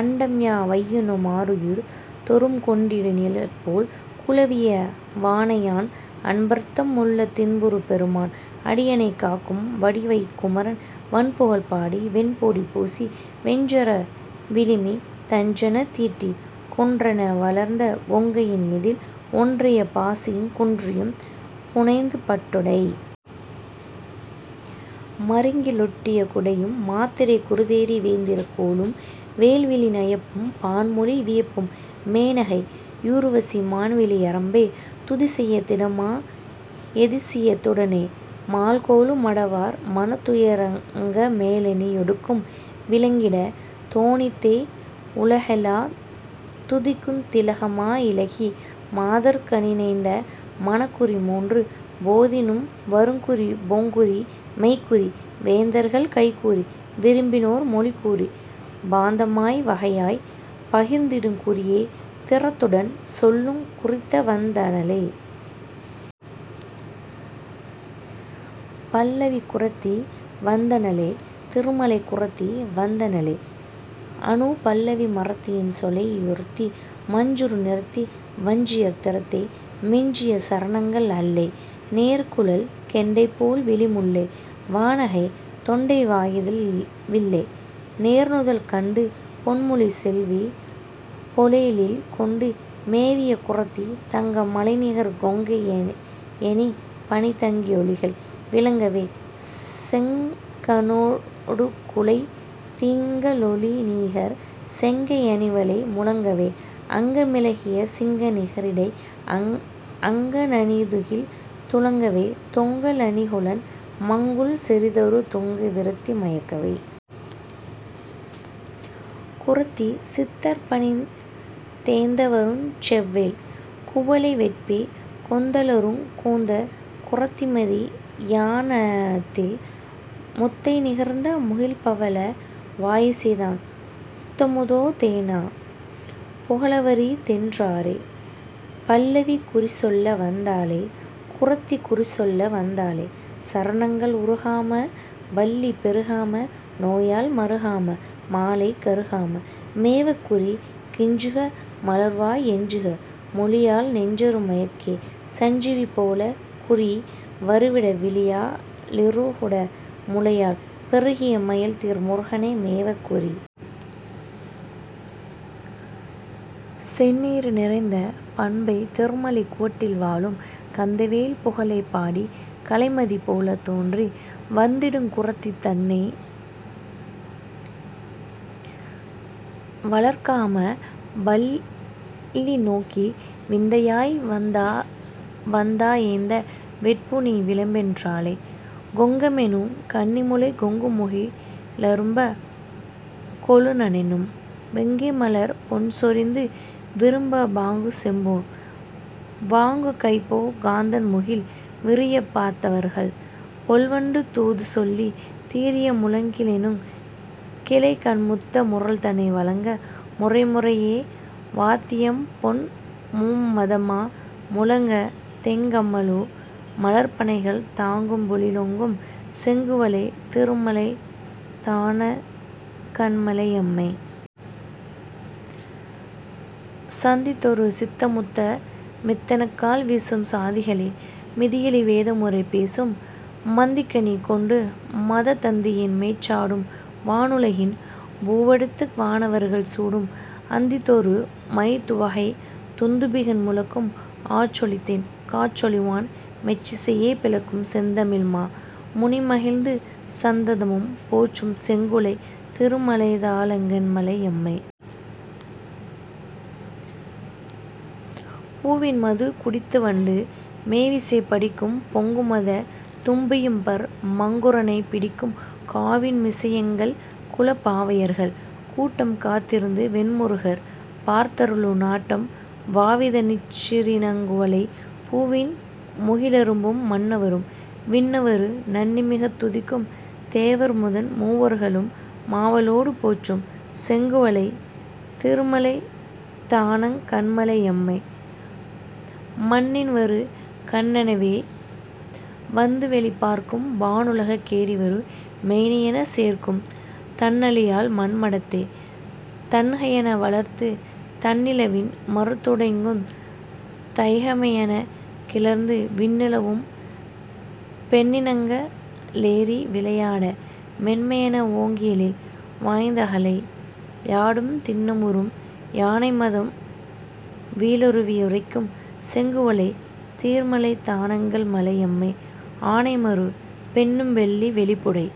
அண்டம்யா வையினு மாருயிர் தோறும் கொண்டிடு நிழற்போற் குலவிய வாணையான் அன்பர்தம் முள்ளத் தின்புறு பெருமான் அடியனைக் காக்கும் வடிவயிற் குமரன் வண்புகழ் பாடி வெண்பொடி பூசி வெஞ்சர விழிமீ தஞ்சனந் தீட்டிக் குன்றென வளர்ந்த கொங்கையின் மீதில் ஒன்றிய பாசியுங் குன்றியும் புனைந்து பட்டுடை மருங்கி லொட்டிய கூடையும் மாத்திரைக் குறிதெரி வேத்திரக் கோலும் வேல்விழி நயப்பும் பான்மொழி வியப்பும் மேனகை யுருவசி மான்விழி யரம்பை துதிசெயத் திடமா யதிசயத் துடனே மால்கொளு மடவார் மனத்துய ரடங்க மேலணி யுடுக்கும் விளங்கிடத் தொனித்தே உலகெலாந் துதிக்குந் திலகமா யிலகி மாதர்க ணினைத்த மனக்குறி மூன்று போதினும் வருங்குறி போங்குறி மெய்க்குறி வேந்தர்கள் கைக்குறி விரும்பினோர் மொழிக்குறி பாந்தமாய் வகையாய்ப் பகர்ந்திடுங் குறியே திறத்துடன் சொல்லுங் குறத்திவந் தனளே..... பல்லவி குறத்தி வந்தனளே திருமலைக் குறத்தி வந்தனளே அநுபல்லவி மறத்தி யின்சொலை யுறுத்தி மஞ்சுறு நிறத்தி வஞ்சியர் திறத்தை மிஞ்சிய சரணங்கள் அல்லை நேர்குழல் கெண்டை போல்விழி முல்லை வாணகை தொண்டை வாயிதழ் வில்லை நேர்நுதல் கண்டு போன்மொழி செல்வி போலெழில் கொண்டு மேவிய குறத்தி தங்க மலைநிகர் கொங்கை யணிபணி தங்கி யொளிகள் விளங்கவே செங்க ணடுகுழை திங்க ளொளிநிகர் செங்கை யணிவளை முழங்கவே அங்க மிலகிய சிங்க நிகரிடை அங்க ணணிதுகில் துலங்கவே தொங்க லணிகுழன் மங்குல் செறிதரு துங்க விரதி மயங்கவே. குறத்தி.... சித்தர்பணிந் தேத்தவருஞ் செவ்வேள் குவளைவெற்பிற் கொத்தலருங் கூந்தற் குறத்திமதி யானனத்தில் முத்தை நிகர்த்த முகிழ்ப்பவள வாயிசைதான் புத்தமுதோ தேனோ புகலவரி தென்றாரே..... பல்லவி குறிசொல்ல வந்தாளே குறத்தி குறிசொல்ல வந்தாளே சரணங்கள் உறுகாம வல்லி பெறுகாம நோயால் மறுகாமல் மாலை கருகாமல் மேவக் குறி கிஞ்சுக மலர்வா யஞ்சுக மொழியாள் நெஞ்சறு மயற்கே சஞ்சீவி போலக் குறி வருவிட விழியா ளிருகுட முலையாள் பெருகிய மயல்தீர் முருகனை மேவக் குறி.... செந்திரு நிறைந்த பண்பைத் திருமலைக் குவட்டில் வாழும் கந்தவேள் புகழைப் பாடிக் கலைமதி போலே தோன்றி வந்திடுங் குறத்தி தன்னை வளர்காம வல்லி நோக்கி விந்தையாய் வந்தா யெந்த வெற்புநீ விளம்பென் றாளே..... கோங்கமெனுங் கன்னிமுலைக்கொங்குமுகி ழரும்பக் கொழுநனெனும் வேங்கைமலர்ப் பொன்சொரிந்து விரும்பப் பாங்குசெம்பொன் வாங்குகைபோற் காந்தண்முகிழ் விரியப் பாந்தவர்கள் போல்வண்டு தூதுசொல்லித் திரிய மூங்கிலெனுங் கிளைகண்முத்த மூரல்தனை வழங்க முறைமுறையே வாத்தியம்போன் மும்மதமா முழங்கத் தேங்கமழு மலர்ப்பணைகள் தாங்குபொழி லோங்கும் செங்குவளைத் திருமலைதா னெங்கண்மலை யம்மே. சந்திதொறுஞ் சிந்தமுத்த மீந்தெனக்கால் வீசும் சாதிகிளை மீதுகிளி வேதமுறை பேசும் மந்திகனி கொண்டுமத தந்தியின்மேற் சாடும் வானுலகின் பூவெடுத்துக் கானவர்கள் சூடும் அந்திதொறு மைந் துவகைத் துந்துபிகண் முழக்கும் ஆற்றொலிதென் காற்றொலிவான் மேற்றிசையைப் பிளக்கும் செந்தமிழ்மா முனிமகிழ்ந்து சந்ததமும் போற்றும் செங்குளைத் திருமலைதா ளெங்கண்மலை யம்மே. பூவின்மதுக் குடித்துவண்டு மேவியிசை படிக்கும் பொங்குமத தும்பியும்பர் மங்குறனைப் பிடிக்கும் காவின்மிசை யெங்கள்குலப் பாவையர்கள் கூட்டம் காத்திருந்து வேன்முருகர் பார்த்தருளு நாட்டம் வாவிதனிற் றினங்குவளைப் பூவின்முகி ழரும்பும் மண்ணவரும் விண்ணவரு நண்ணிமிகத் துதிக்கும் தேவர்முதன் மூவர்களு மாவலொடு போற்றும் செங்குவளைத் திருமலைதா னெங்கண்மலை யம்மே. மண்ணின்வரு கண்ணெனவே வந்துவௌி பார்க்கும் வானுலகுக் கேறிவரு மேணியெனச் சேர்க்கும் தண்ணளியால் மண்மடந்தை தன்கையென வளர்ந்து தண்ணிலவின் மறுத்துடைக்குந் தகைமையெனக் கிளர்ந்து விண்ணுலவும் பெண்ணினங்க ளேறிவிளையாட மேன்மையென வோங்கியெழில் வாய்ந்தகழை யாடும் திண்ணமுறும் யானைமதம் வீழருவி யிறைக்கும் செங்குவளைத் திருமலைதா னெங்கள்மலை யம்மே. ஆனைமருப் பென்னும்வெள்ளி வேலிபுடை